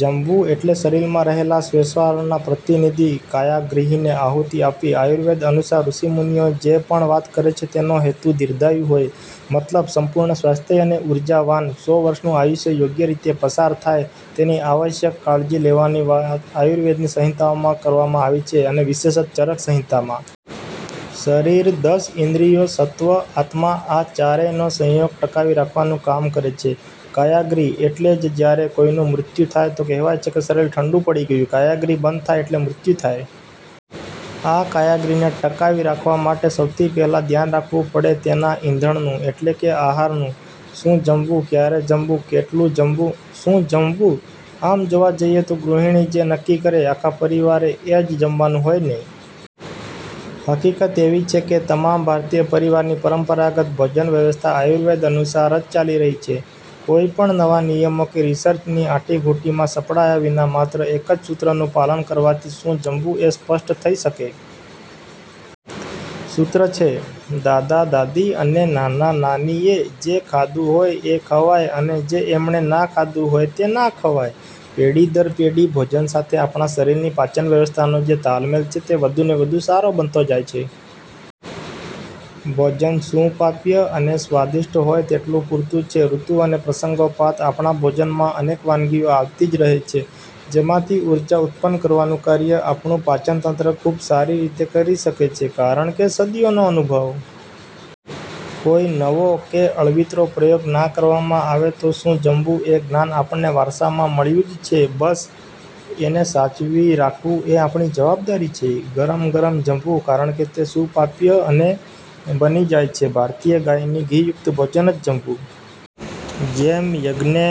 જમવું એટલે શરીરમાં રહેલા વૈશ્વાનરના પ્રતિનિધિ કાયાગ્નિને આહુતિ આપવી. આયુર્વેદ અનુસાર ઋષિમુનિઓ જે પણ વાત કરે તેનો હેતુ દીર્ઘાયુ હોય. મતલબ, સંપૂર્ણ સ્વસ્થ અને ઉર્જાવાન સો વર્ષનું આયુષ્ય યોગ્ય રીતે પસાર થાય તેની આવશ્યક કાળજી લેવાની વાત આયુર્વેદની સંહિતાઓમાં કરવામાં આવી છે અને વિશેષતઃ ચરકસંહિતામાં. શરીર દસ ઇન્દ્રિયો, સત્વ, આત્મા – આ ચારેયનો સંયોગ ટકાવી રાખવાનું કામ કરે છે કાયાગ્નિ. એટલે જ જ્યારે કોઈનું મૃત્યુ થાય તો કહેવાય છે કે "શરીર ઠંડુ પડી ગયું". કાયાગ્નિ બંધ થાય એટલે મૃત્યુ થાય. આ કાયાગ્નિને ટકાવી રાખવા માટે સૌથી પહેલાં ધ્યાન રાખવું પડે તેના ઇંધણનું – એટલે કે આહારનું. શું જમવું? ક્યારે જમવું? કેટલું જમવું? શું જમવું – આમ જોવા જઈએ તો ગૃહિણી જે નક્કી કરે, આખા પરિવારે એ જ જમવાનું હોયને! હકીકત એવી છે કે તમામ ભારતીય પરિવારની પરંપરાગત ભોજનવ્યવસ્થા આયુર્વેદ અનુસાર જ ચાલી રહી છે. કોઈ પણ નવા નિયમો કે રિસર્ચની આંટીઘૂંટીમાં સપડાયા વિના માત્ર એક જ સૂત્રનું પાલન કરવાથી શું જમવું એ સ્પષ્ટ થઈ જશે. સૂત્ર છે: દાદા-દાદી અને નાના-નાનીએ જે ખાધું હોય એ ખવાય અને એમણે જે ના ખાધું હોય તે ના ખવાય. પેઢી દર પેઢી ભોજન સાથે આપણા શરીરની પાચન વ્યવસ્થાનો જે તાલમેલ છે તે વધુને વધુ સારો બનતો જાય છે. ભોજન સુપાચ્ય અને સ્વાદિષ્ટ હોય તેટલું પૂરતું છે. ઋતુ અને પ્રસંગોપાત આપણા ભોજનમાં અનેક વાનગીઓ આવતી જ રહે છે. જેમાંથી ઉર્જા ઉત્પન્ન કરવાનું કાર્ય આપણું પાચનતંત્ર ખૂબ સારી રીતે કરી શકે છે, કારણ છે સદીઓનો અનુભવ. કોઈ નવો કે અળવીતરો પ્રયોગ ના કરવામાં આવે તો શું જમવું એ જ્ઞાન આપણને વારસામાં મળ્યું જ છે, બસ એને સાચવી રાખવું એ આપણી જવાબદારી છે. ગરમગરમજમવું, કારણકે તે સુપાચ્ય બની જાય છે. ભારતીય ગાયના ઘી યુક્ત ભોજન જ જમવું. જેમ યજ્ઞને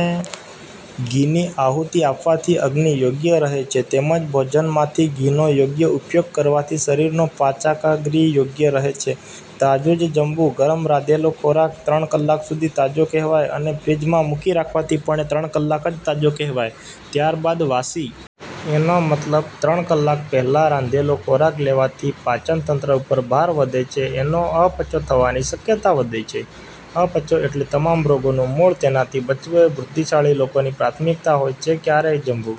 ઘીની આહુતી આપવાથી અગ્નિ યોગ્ય રહે છે, તેમજ ભોજનમાં ઘીનો યોગ્ય ઉપયોગ કરવાથી શરીરનો પાચકાગ્નિ યોગ્ય રહે છે. તાજું જ જમવું. ગરમ રાંધેલો ખોરાક ત્રણ કલાક સુધી તાજો કહેવાય. એને ફ્રીઝમાં મૂકી રાખવાથી પણ એ ત્રણ કલાક જ તાજો કહેવાય, ત્યારબાદ વાસી. એનો મતલબ, ત્રણ કલાક પહેલાં રાંધેલો ખોરાક લેવાથી પાચનતંત્ર ઉપર ભાર વધે છે અને અપચો થવાની શક્યતા વધે છે. અપચો એટલે તમામ રોગોનું મૂળ. તેનાથી બચવું એ બુદ્ધિશાળી લોકોની પ્રાથમિકતા હોય છે. ક્યારે જમવું?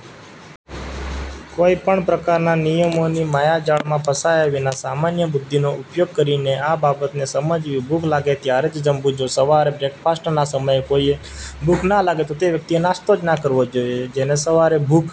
કોઈ પણ પ્રકારના નિયમોની માયાજાળમાં ફસાયા વિના, સામાન્ય બુદ્ધિનો ઉપયોગ કરીને આ બાબતને સમજવી. "ભૂખ લાગે ત્યારે જ જમવું". જો સવારે બ્રેકફાસ્ટના સમયે કોઈને ભૂખ ના લાગે તો તેવ્યક્તિએ નાસ્તો ના જ કરવો જોઈએ. જેને સવારે ભૂખ